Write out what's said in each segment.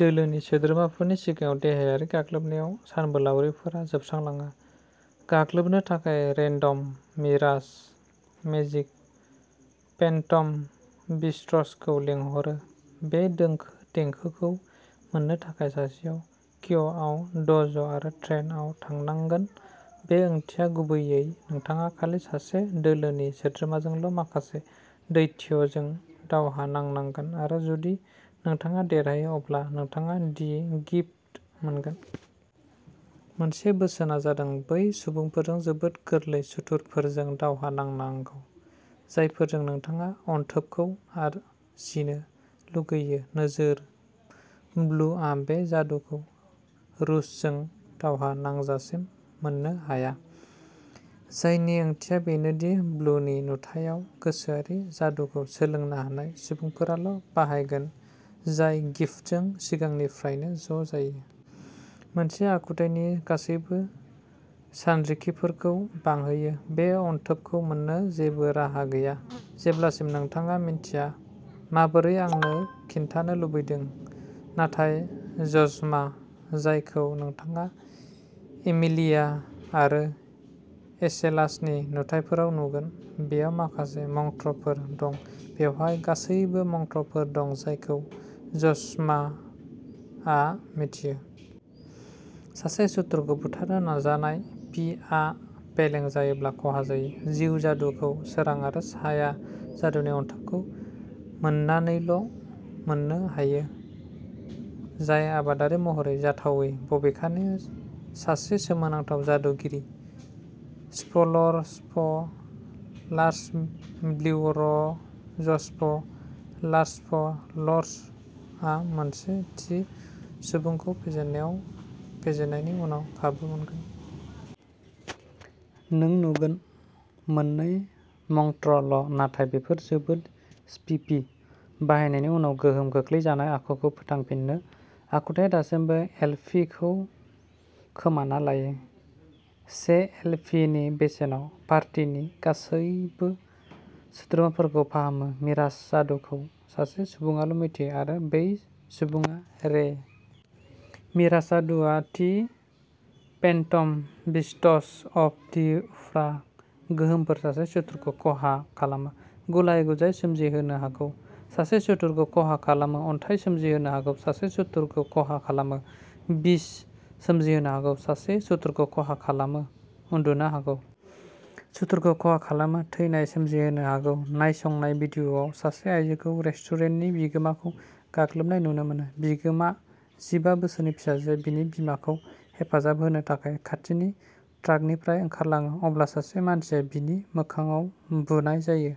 दोलोनि सोद्रोमाफोरनि सिगाङाव देहायारि गाग्लोबनायाव सानबोलावरिफोरा जोबस्रांलाङो। गाग्लोबनो थाखाय रेन्डम मिराज मेजिक फेन्टम बिस्ट्सखौ लिंहरो। बे दों देंखोखौ मोन्नो थाखाय सासेयाव क्य'आव द'ज' आरो "ट्रेन" आव थांनांगोन। बे ओंथिया गुबैयै नोंथाङा खालि सासे दोलोनि सोद्रोमाजोंल' माखासे दैत्यजों दावहा नांनांगोन आरो जुदि नोंथाङा देरहायो, अब्ला नोंथाङा "दि गिफ्ट" मोनगोन। मोनसे बोसोनआ जादों बै सुबुंफोरजों जोबोद गोरलै सुथुरफोरजों दावहा नांनांगौ जायफोरजों नोंथाङा अनथोबखौ आरजिनो लुगैयो। नोजोरः ब्लुआ बे जादुखौ रुजजों दावहा नांजासिम मोननो हाया, जायनि ओंथिया बेनो दि ब्लुनि नुथायाव गोसोआरि जादुखौ सोलोंनो हानाय सुबुंफोराल' बाहायगोन जाय गिफ्टजों सिगांनिफ्रायनो ज' जायो। मोनसे आखुथायनि गासैबो सानरिखिफोरखौ बांहोयो। बे अनथोबखौ मोन्नो जेबो राहा गैया, जेब्लासिम नोंथाङा मिन्थिया। माबोरै, आंनो खिन्थानो लुबैदों? नाथाय... ज'ज्मा, जायखौ नोंथाङा एमिलिया आरो एसेलासनि नुथाइफोराव नुगोन, बेयाव माखासे मंत्रफोर दं। बेवहाय गासैबो मंत्रफोर दं जायखौ ज'ज्माआ मिथियो। सासे सुथुरखौ बुथारनो नाजानाय; पि आ फेलें जायोब्ला खहा जायो। जिउ जादुखौ सोरां आरो साया जादुनि अनथोबखौ मोननानैल' मोननो हायो, जाय आबादारि महरै जाथावै। बबेखानि, सासे सोमोनांथाव जादुगिरि स्प'लारस्प'लार्सब्लिउय'र'जस्प'लार्सस्प'लार्स आ मोनसे थि सुबुंखौ फेजेननायाव फेजेननायनि उनाव खाबु मोनगोन। नों नुगोन। मोननै मंत्रल', नाथाय बेफोर जोबोद "स्पिफि"। बाहायनायनि उनाव गोहोम खोख्लैजानाय आखुखौ फोथांफिनो, आखुथाया दासिमबो एल. पि. खौ खोमाना लायो। से एल. पि. नि बेसेनाव पार्टिनि गासैबो सोद्रोमाफोरखौ फाहामो। मिराज जादुखौ सासे सुबुङाल' मिथियो आरो बै सुबुङा रेइ। मिराज जादुआ थि फेन्टम बिस्ट्स अफ दि उफ्रा गोहोमफोर। सासे सुथुरखौ खहा खालामो, "गुलाय-गुजाय" सोमजिहोनो हागौ। सासे सुथुरखौ खहा खालामो, "अन्थाइ" सोमजिहोनो हागौ। सासे सुथुरखौ खहा खालामो, "बिस" सोमजिहोनो हागौ। सासे सुथुरखौ खहा खालामो, "उन्दुनो" हागौ। सुथुरखौ खहा खालामो, "थैनाय" सोमजिहोनो हागौ। नायसंनाय भिडिअ'आव सासे आयजोखौ रेस्टुरेन्टनि बिगोमाखौ गाग्लोबनाय नुनो मोनो। बिगोमा जिबा बोसोरनि फिसाजोआ बिनि बिमाखौ हेफाजाब होनो थाखाय खाथिनि ट्राकनिफ्राय ओंखारलाङो। अब्ला सासे मानसिया बिनि मोखांआव बुनाय जायो,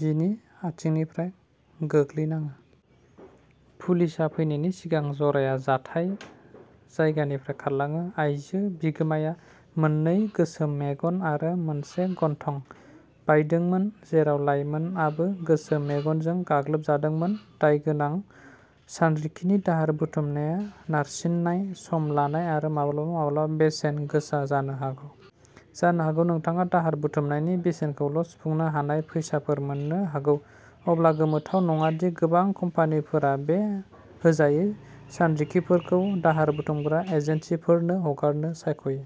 बिनि आथिंनिफ्राय गोग्लैनाङो। पुलिसआ फैनायनि सिगां जराया जाथाय जायगानिफ्राय खारलाङो। आइजो बिगोमाया मोननै गोसोम मेगन आरो मोनसे गन्थं बायदोंमोन, जेराव लाइमोनआबो गोसोम मेगनजों गाग्लोबजादोंमोन। दायगोनां सानरिखिनि दाहार बुथुमनाया नारसिननाय, सम लानाय आरो माब्लाबा-माब्लाबा बेसेन गोसा जानो हागौ। जानो हागौ, नोंथाङा दाहार बुथुमनायनि बेसेनखौल' सुफुंनो हानाय फैसाफोर मोननो हागौ। अब्ला, गोमोथाव नङा दि गोबां कम्पानिफोरा बे होजायै सानरिखिफोरखौ दाहार बुथुमग्रा एजेन्सिफोरनो हगारनो सायख'यो।